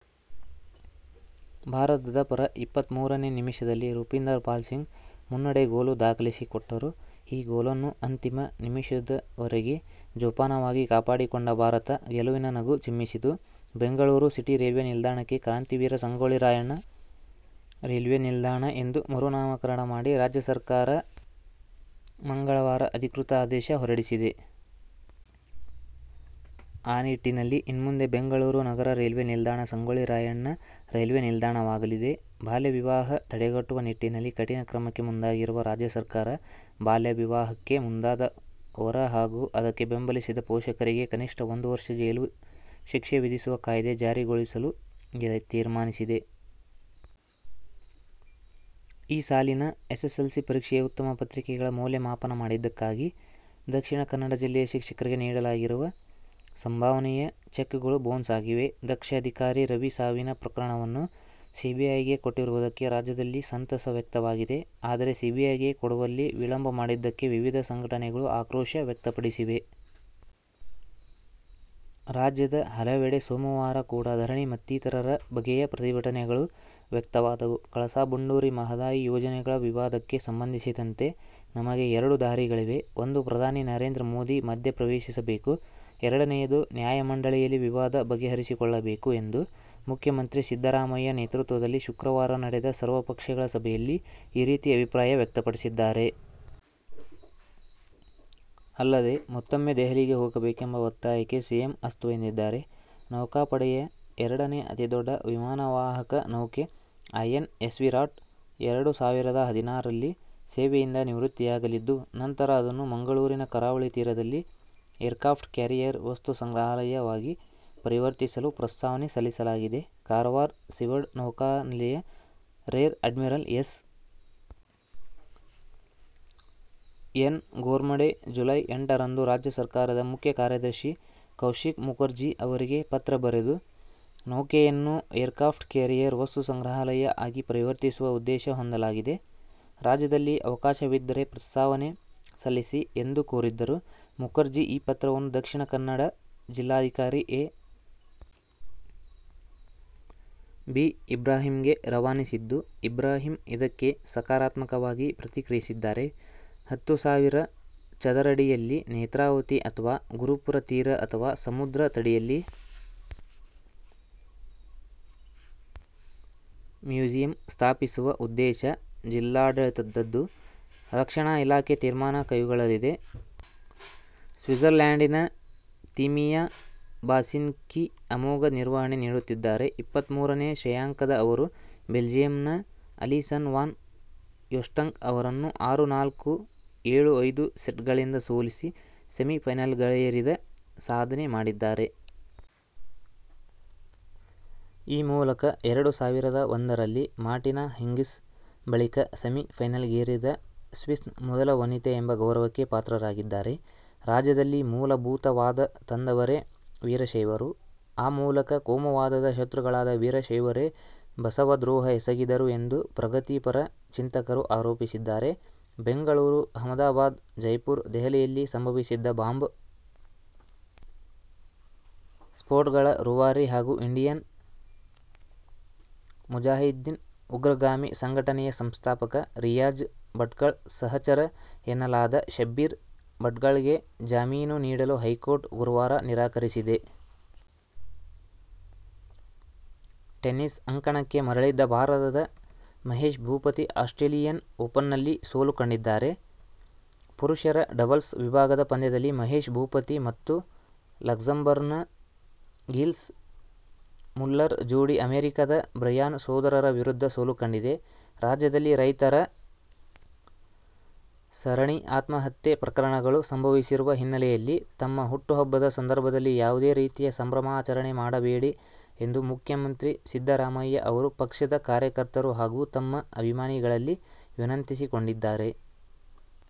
ಭಾರತದ ಪರ ಇಪ್ಪತ್ತಮೂರನೇ ನಿಮಿಷದಲ್ಲಿ ರೂಪಿಂದರ್ ಪಾಲ್ ಸಿಂಗ್ ಮುನ್ನಡೆ ಗೋಲು ದಾಖಲಿಸಿಕೊಟ್ಟರು. ಈ ಗೋಲನ್ನು ಅಂತಿಮ ನಿಮಿಷದವರೆಗೆ ಜೋಪಾನವಾಗಿ ಕಾಪಾಡಿಕೊಂಡ ಭಾರತ ಗೆಲುವಿನ ನಗು ಚಿಮ್ಮಿಸಿತು. ಬೆಂಗಳೂರು ಸಿಟಿ ರೈಲ್ವೆ ನಿಲ್ದಾಣಕ್ಕೆ ಕ್ರಾಂತಿವೀರ ಸಂಗೊಳ್ಳಿ ರಾಯಣ್ಣ ರೈಲ್ವೆ ನಿಲ್ದಾಣ ಎಂದು ಮರುನಾಮಕರಣ ಮಾಡಿ ರಾಜ್ಯ ಸರ್ಕಾರ ಮಂಗಳವಾರ ಅಧಿಕೃತ ಆದೇಶ ಹೊರಡಿಸಿದೆ. ಆ ನಿಟ್ಟಿನಲ್ಲಿ ಇನ್ಮುಂದೆ ಬೆಂಗಳೂರು ನಗರ ರೈಲ್ವೆ ನಿಲ್ದಾಣ ಸಂಗೊಳ್ಳಿ ರಾಯಣ್ಣ ರೈಲ್ವೆ ನಿಲ್ದಾಣವಾಗಲಿದೆ. ಬಾಲ್ಯ ವಿವಾಹ ತಡೆಗಟ್ಟುವ ನಿಟ್ಟಿನಲ್ಲಿ ಕಠಿಣ ಕ್ರಮಕ್ಕೆ ಮುಂದಾಗಿರುವ ರಾಜ್ಯ ಸರ್ಕಾರ, ಬಾಲ್ಯವಿವಾಹಕ್ಕೆ ಮುಂದಾದ ವರ ಹಾಗೂ ಅದಕ್ಕೆ ಬೆಂಬಲಿಸಿದ ಪೋಷಕರಿಗೆ ಕನಿಷ್ಠ ಒಂದು ವರ್ಷ ಜೈಲು ಶಿಕ್ಷೆ ವಿಧಿಸುವ ಕಾಯ್ದೆ ಜಾರಿಗೊಳಿಸಲು ತೀರ್ಮಾನಿಸಿದೆ. ಈ ಸಾಲಿನ ಎಸ್ಎಸ್ಎಲ್ಸಿ ಪರೀಕ್ಷೆಯ ಉತ್ತರ ಪತ್ರಿಕೆಗಳ ಮೌಲ್ಯಮಾಪನ ಮಾಡಿದ್ದಕ್ಕಾಗಿ ದಕ್ಷಿಣ ಕನ್ನಡ ಜಿಲ್ಲೆಯ ಶಿಕ್ಷಕರಿಗೆ ನೀಡಲಾಗಿರುವ ಸಂಭಾವನೆಯ ಚೆಕ್ಗಳು ಬೌನ್ಸ್ ಆಗಿವೆ. ದಕ್ಷ ಅಧಿಕಾರಿ ರವಿ ಸಾವಿನ ಪ್ರಕರಣವನ್ನು ಸಿಬಿಐಗೆ ಕೊಟ್ಟಿರುವುದಕ್ಕೆ ರಾಜ್ಯದಲ್ಲಿ ಸಂತಸ ವ್ಯಕ್ತವಾಗಿದೆ. ಆದರೆ ಸಿಬಿಐಗೆ ಕೊಡುವಲ್ಲಿ ವಿಳಂಬ ಮಾಡಿದ್ದಕ್ಕೆ ವಿವಿಧ ಸಂಘಟನೆಗಳು ಆಕ್ರೋಶ ವ್ಯಕ್ತಪಡಿಸಿವೆ. ರಾಜ್ಯದ ಹಲವೆಡೆ ಸೋಮವಾರ ಕೂಡ ಧರಣಿ ಮತ್ತಿತರರ ಬಗೆಯ ಪ್ರತಿಭಟನೆಗಳು ವ್ಯಕ್ತವಾದವು. ಕಳಸಾ ಬಂಡೂರಿ ಮಹದಾಯಿ ಯೋಜನೆಗಳ ವಿವಾದಕ್ಕೆ ಸಂಬಂಧಿಸಿದಂತೆ ನಮಗೆ ಎರಡು ದಾರಿಗಳಿವೆ. ಒಂದು ಪ್ರಧಾನಿ ನರೇಂದ್ರ ಮೋದಿ ಮಧ್ಯಪ್ರವೇಶಿಸಬೇಕು, ಎರಡನೇಯದು ನ್ಯಾಯಮಂಡಳಿಯಲ್ಲಿ ವಿವಾದ ಬಗೆಹರಿಸಿಕೊಳ್ಳಬೇಕು ಎಂದು ಮುಖ್ಯಮಂತ್ರಿ ಸಿದ್ದರಾಮಯ್ಯ ನೇತೃತ್ವದಲ್ಲಿ ಶುಕ್ರವಾರ ನಡೆದ ಸರ್ವಪಕ್ಷಗಳ ಸಭೆಯಲ್ಲಿ ಈ ರೀತಿ ಅಭಿಪ್ರಾಯ ವ್ಯಕ್ತಪಡಿಸಿದ್ದಾರೆ. ಅಲ್ಲದೇ ಮತ್ತೊಮ್ಮೆ ದೆಹಲಿಗೆ ಹೋಗಬೇಕೆಂಬ ಒತ್ತಾಯಕ್ಕೆ ಸಿಎಂ ಅಸ್ತು ಎಂದಿದ್ದಾರೆ. ನೌಕಾಪಡೆಯ ಎರಡನೇ ಅತಿದೊಡ್ಡ ವಿಮಾನವಾಹಕ ನೌಕೆ "ಐಎನ್ಎಸ್ವಿರಾಟ್' ಎರಡು ಸಾವಿರದ ಹದಿನಾರರಲ್ಲಿ ಸೇವೆಯಿಂದ ನಿವೃತ್ತಿಯಾಗಲಿದ್ದು, ನಂತರ ಅದನ್ನು ಮಂಗಳೂರಿನ ಕರಾವಳಿ ತೀರದಲ್ಲಿ "ಏರ್ಕ್ರಾಪ್ಟ್ ಕ್ಯಾರಿಯರ್ ವಸ್ತು ಸಂಗ್ರಹಾಲಯ' ವಾಗಿ ಪರಿವರ್ತಿಸಲು ಪ್ರಸ್ತಾವನೆ ಸಲ್ಲಿಸಲಾಗಿದೆ. ಕಾರವಾರ ಸೀಬರ್ಡ್ ನೌಕಾನೆಲೆಯ rear admiral S. N. Ghormade July ಎಂಟರಂದು ರಾಜ್ಯ ಸರಕಾರದ ಮುಖ್ಯ ಕಾರ್ಯದರ್ಶಿ ಕೌಶಿಕ್ ಮುಖರ್ಜಿ ಅವರಿಗೆ ಪತ್ರ ಬರೆದು, ನೌಕೆಯನ್ನು "ಏರ್ಕ್ರಾಪ್ಟ್ ಕ್ಯಾರಿಯರ್ ವಸ್ತು ಸಂಗ್ರಹಾಲಯ' ಆಗಿ ಪರಿವರ್ತಿಸುವ ಉದ್ದೇಶ ಹೊಂದಲಾಗಿದೆ. ರಾಜ್ಯದಲ್ಲಿ ಅವಕಾಶವಿದ್ದರೆ ಪ್ರಸ್ತಾವನೆ ಸಲ್ಲಿಸಿ ಎಂದು ಕೋರಿದ್ದರು. ಮುಖರ್ಜಿ ಈ ಪತ್ರವನ್ನು ದಕ್ಷಿಣ ಕನ್ನಡ ಜಿಲ್ಲಾಧಿಕಾರಿ ಎ. ಬಿ. ಇಬ್ರಾಹಿಂಗೆ ರವಾನಿಸಿದ್ದು, ಇಬ್ರಾಹಿಂ ಇದಕ್ಕೆ ಸಕಾರಾತ್ಮಕವಾಗಿ ಪ್ರತಿಕ್ರಿಯಿಸಿದ್ದಾರೆ. ಹತ್ತು ಸಾವಿರ ಚದರಡಿಯಲ್ಲಿ ನೇತ್ರಾವತಿ ಅಥವಾ ಗುರುಪುರ ತೀರ ಅಥವಾ ಸಮುದ್ರ ತಡಿಯಲ್ಲಿ ಮ್ಯೂಸಿಯಂ ಸ್ಥಾಪಿಸುವ ಉದ್ದೇಶ ಜಿಲ್ಲಾಡಳಿತದ್ದು. ರಕ್ಷಣಾ ಇಲಾಖೆ ತೀರ್ಮಾನ ಕೈಗೊಳ್ಳಲಿದೆ. ಸ್ವಿಟ್ಸರ್ಲ್ಯಾಂಡಿನ ತಿಮಿಯಾ ಬಾಸಿನ್ಸ್ಕಿ ಅಮೋಘ ನಿರ್ವಹಣೆ ನೀಡುತ್ತಿದ್ದಾರೆ. ಇಪ್ಪತ್ತಮೂರನೇ ಶ್ರೇಯಾಂಕದ ಅವರು ಬೆಲ್ಜಿಯಂನ ಅಲಿಸನ್ ವಾನ್ ಯೂಸ್ಟಂಕ್ ಅವರನ್ನು ಆರು-ನಾಲ್ಕು, ಏಳು-ಐದು ಸೆಟ್ಗಳಿಂದ ಸೋಲಿಸಿ ಸೆಮಿಫೈನಲಿಗೇರಿದ ಸಾಧನೆ ಮಾಡಿದ್ದಾರೆ. ಈ ಮೂಲಕ ಎರಡು ಸಾವಿರದ ಒಂದರಲ್ಲಿ ಮಾರ್ಟಿನಾ ಹಿಂಗಿಸ್ ಬಳಿಕ ಸೆಮಿಫೈನಲಿಗೇರಿದ ಸ್ವಿಸ್ನ ಮೊದಲ ವನಿತೆ ಎಂಬ ಗೌರವಕ್ಕೆ ಪಾತ್ರರಾಗಿದ್ದಾರೆ. ರಾಜ್ಯದಲ್ಲಿ ಮೂಲಭೂತವಾದ ತಂದವರೇ ವೀರಶೈವರು. ಆ ಮೂಲಕ ಕೋಮುವಾದದ ಶತ್ರುಗಳಾದ ವೀರಶೈವರೇ ಬಸವ ದ್ರೋಹ ಎಸಗಿದರು ಎಂದು ಪ್ರಗತಿಪರ ಚಿಂತಕರು ಆರೋಪಿಸಿದ್ದಾರೆ. ಬೆಂಗಳೂರು, ಅಹಮದಾಬಾದ್, ಜೈಪುರ, ದೆಹಲಿಯಲ್ಲಿ ಸಂಭವಿಸಿದ್ದ ಬಾಂಬ್ ಸ್ಫೋಟಗಳ ರೂವಾರಿ ಹಾಗೂ ಇಂಡಿಯನ್ ಮುಜಾಹಿದೀನ್ ಉಗ್ರಗಾಮಿ ಸಂಘಟನೆಯ ಸಂಸ್ಥಾಪಕ ರಿಯಾಜ್ ಭಟ್ಕಳ್ ಸಹಚರ ಎನ್ನಲಾದ ಶಬ್ಬೀರ್ ಭಟ್ಕಳ್ಗೆಜಾಮೀನು ನೀಡಲು ಹೈಕೋರ್ಟ್ ಗುರುವಾರ ನಿರಾಕರಿಸಿದೆ. ಟೆನಿಸ್ ಅಂಕಣಕ್ಕೆ ಮರಳಿದ್ದ ಭಾರತದ ಮಹೇಶ್ ಭೂಪತಿ ಆಸ್ಟ್ರೇಲಿಯನ್ ಓಪನ್ನಲ್ಲಿ ಸೋಲು ಕಂಡಿದ್ದಾರೆ. ಪುರುಷರ ಡಬಲ್ಸ್ ವಿಭಾಗದ ಪಂದ್ಯದಲ್ಲಿ ಮಹೇಶ್ ಭೂಪತಿ ಮತ್ತು ಲಕ್ಸೆಂಬರ್ಗ್ನ ಗಿಲ್ಸ್ ಮುಲ್ಲರ್ ಜೋಡಿ ಅಮೆರಿಕದ ಬ್ರಯಾನ್ ಸೋದರರ ವಿರುದ್ಧ ಸೋಲು ಕಂಡಿದೆ. ರಾಜ್ಯದಲ್ಲಿ ರೈತರ ಸರಣಿ ಆತ್ಮಹತ್ಯೆ ಪ್ರಕರಣಗಳು ಸಂಭವಿಸಿರುವ ಹಿನ್ನೆಲೆಯಲ್ಲಿ ತಮ್ಮ ಹುಟ್ಟುಹಬ್ಬದ ಸಂದರ್ಭದಲ್ಲಿ ಯಾವುದೇ ರೀತಿಯ ಸಂಭ್ರಮಾಚರಣೆ ಮಾಡಬೇಡಿ ಎಂದು ಮುಖ್ಯಮಂತ್ರಿ ಸಿದ್ದರಾಮಯ್ಯ ಅವರು ಪಕ್ಷದ ಕಾರ್ಯಕರ್ತರು ಹಾಗೂ ತಮ್ಮ ಅಭಿಮಾನಿಗಳಲ್ಲಿ ವಿನಂತಿಸಿಕೊಂಡಿದ್ದಾರೆ.